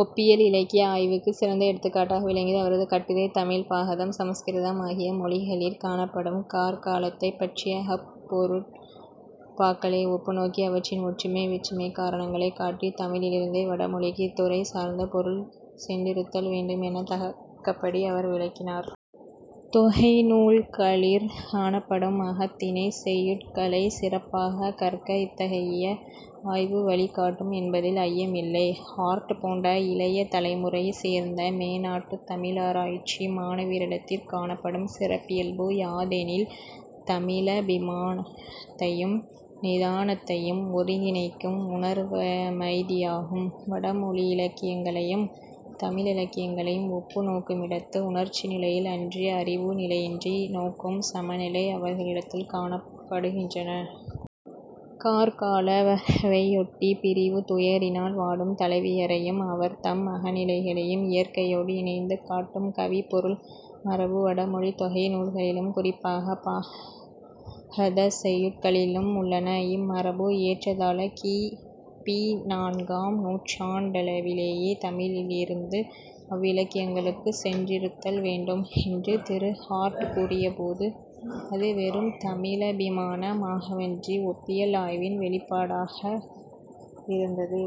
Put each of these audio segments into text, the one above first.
ஒப்பியல் இலக்கிய ஆய்வுக்குச் சிறந்த எடுத்துக்காட்டாக விளங்கியது அவரது கட்டுரை, தமிழ் பாகதம், சமஸ்கிருதம் ஆகிய மொழிகளிற் காணப்படும கார்காலத்தைப் பற்றிய அகப்பொருட்பாக்களை ஒப்புநோக்கி, அவற்றின் ஒற்றுமை வேற்றுமைக்குக் காரணங்களைக் காட்டி, தமிழிலிருந்தே வட மொழிக்கு இத்துறையைச்சார்ந்த பொருள் சென்றிருத்தல் வேண்டும் எனத் தகக்கபடி அவர் விளக்கினார். தொகை நூல்களிற் காணப்படும் அகத்திணைச் செய்யுட்களைச் சிறப்பாகக் கற்க இத்தகைய ஆய்வு வழி காட்டும் என்பதில் ஐயமில்லை. ஹார்ட் போன்ற இளைய தலைமுறையைச் சேர்ந்த மேனாட்டுத் தமிழாராய்ச்சி மாணவரிடத்திற் காணப்படும் சிறப்பியல்பு யாதெனில் தமிழபிமானத்தையும் நிதானத்தையும் ஒருங்கிணைக்கும் உணர்வமைதியாகும். வடமொழியிலக்கியங்களையும் தமிழிலக்கியங்களையும் ஒப்பு நோக்குமிடத்து உணர்ச்சி நிலையில் அன்றி அறிவு நிலையினின்று நோக்கும் சமநிலை அவர்களிடத்துக் காணப்படுகின்றன. கார்கால வரவையொட்டிப் பிரிவுத் துயரினால் வாடும் தலைவியரையும் அவர்தம் அகநிலைகளையும் இயற்கையோடு இணைத்துக் காட்டும் கவிப்பொருள் மரபு வடமொழித் தொகை நூல்களிலும் குறிப்பாகப் பாகதச் செய்யுட்களிலும் உள்ளன. இம்மரபு ஏறத்தாழ கி. பி. நான்காம் நூற்றாண்டளவிலேயே தமிழிலிருந்து அவ்விலக்கியங்களுக்குச் சென்றிருத்தல் வேண்டும் என்று திரு. ஹார்ட் கூறிய போது, அது வெறும் தமிழபிமான மாகவன்றி ஒப்பியல் ஆய்வின் வௌிப்பாடாக விருந்தது.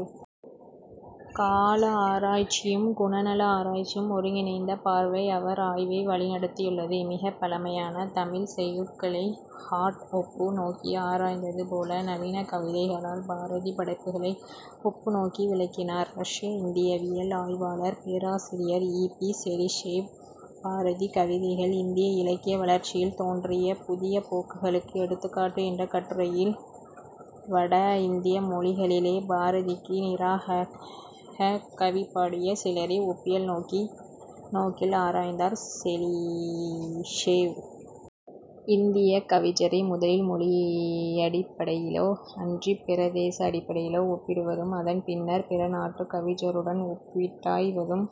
கால ஆராய்ச்சியும் குணநல ஆராய்ச்சியும் ஒருங்கிணைந்த பார்வை அவர் ஆய்வை வழிநடத்தியுள்ளது. மிகப் பழமையான தமிழ்ச் செய்யுட்களை ஹார்ட் ஒப்பு நோக்கி ஆராய்ந்தது போல, நவீன கவிதைகளால் பாரதி படைப்புக்களை ஒப்பு நோக்கி விளக்கினார் ரஷ்ய இந்தியவியல் ஆய்வாளர், பேராசிரியர் இ. பி. செலிஷெவ், "பாரதி கவிதைகள் இந்திய இலக்கிய வளர்ச்சியில் தோன்றிய புதிய போக்குகளுக்கு எடுத்துக்காட்டு" என்ற கட்டுரையில் வட இந்திய மொழிகளிலே பாரதிக்கு நிகராகக் கவிபாடிய சிலரை ஒப்பியல் நோக்கில் ஆராய்ந்தார் செலிஷெவ். இந்தியக் கவிஞரை முதலில் மொழியடிப்படையிலோ அன்றிப் பிரதேச அடிப்படையிலோ ஒப்பிடுவதும், அதன் பின்னர் பிற நாட்டுக் கவிஞருடன் ஒப்பிட்டாய்வதும்,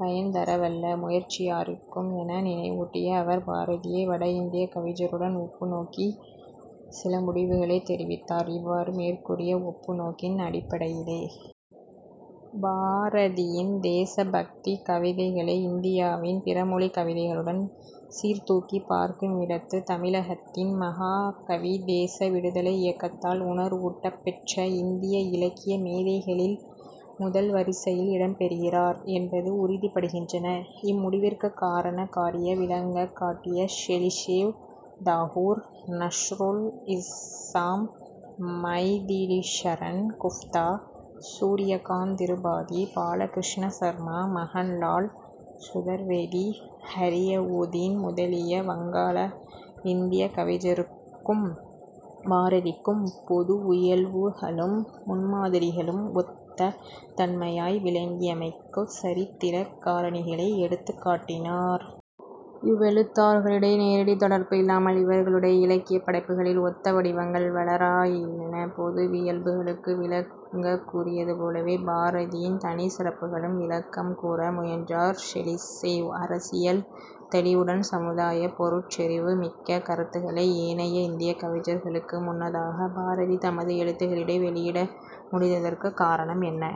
பயன்தரவல்ல முயற்சியாயிருக்கும் என நினைவூட்டிய அவர், பாரதியை வட இந்தியக் கவிஞருடன் ஒப்பு நோக்கிச் சில முடிவுகளைத் தெரிவித்தார். "இவ்வாறு மேற்கூறிய ஒப்பு நோக்கின் அடிப்படையிலே, பாரதியின் தேசபக்திக் கவிதைகளை இந்தியாவின் பிற மொழிக் கவிதைகளுடன் சீர்தூக்கிப் பார்க்குமிடத்து, தமிழகத்தின் மகாகவி தேச விடுதலை இயக்கத்தால் உணர்வூட்டப் பெற்ற இந்திய இலக்கிய மேதைகளின் முதல் வரிசையில் இடம் பெறுகிறார் என்பது உறுதிப்படுகின்றது" இம்முடிவிற்குக் காரண காரிய விளக்கங் காட்டிய செலிஷெவ், தாகூர், நஸ்ருல் இஸ்ஸாம், மைதிலிஷரண் குப்தா, சூர்யகாந்த் திருபாதி, பாலகிருஷ்ண சர்மா, மகன்லால் சுதர்வேதி, ஹரியவுதின் முதலிய வங்காள, இந்திக் கவிஞருக்கும் பாரதிக்கும் பொதுவுயல்புகளும் முன்மாதிரிகளும் ஒத்த தன்மையாய் விளங்கியமைக்குச் சரித்திரக் காரணிகளை எடுத்துக் காட்டினார். "இவ்வெழுத்தாளர்களிடையே நேரடித் தொடர்பு இல்லாமல் இவர்களுடைய இலக்கியப் படைப்புக்களில் ஒத்த வடிவங்கள் வளராயின. பொதுவியல்புகளுக்கு விளக்கங் கூறியது போலவே, "பாரதியின் தனிச் சிறப்புகளுக்கும் விளக்கம் கூற முயன்றார் செலிஷெவ். " அரசியல் தௌிவுடன் சமுதாயப் பொருட்செறிவு மிக்க கருத்துக்களை, ஏனைய இந்தியக் கவிஞர்களுக்கு முன்னதாக, பாரதி தமது எழுத்துக்களிலே வௌியிட முடிந்ததற்குக் காரணம் என்ன?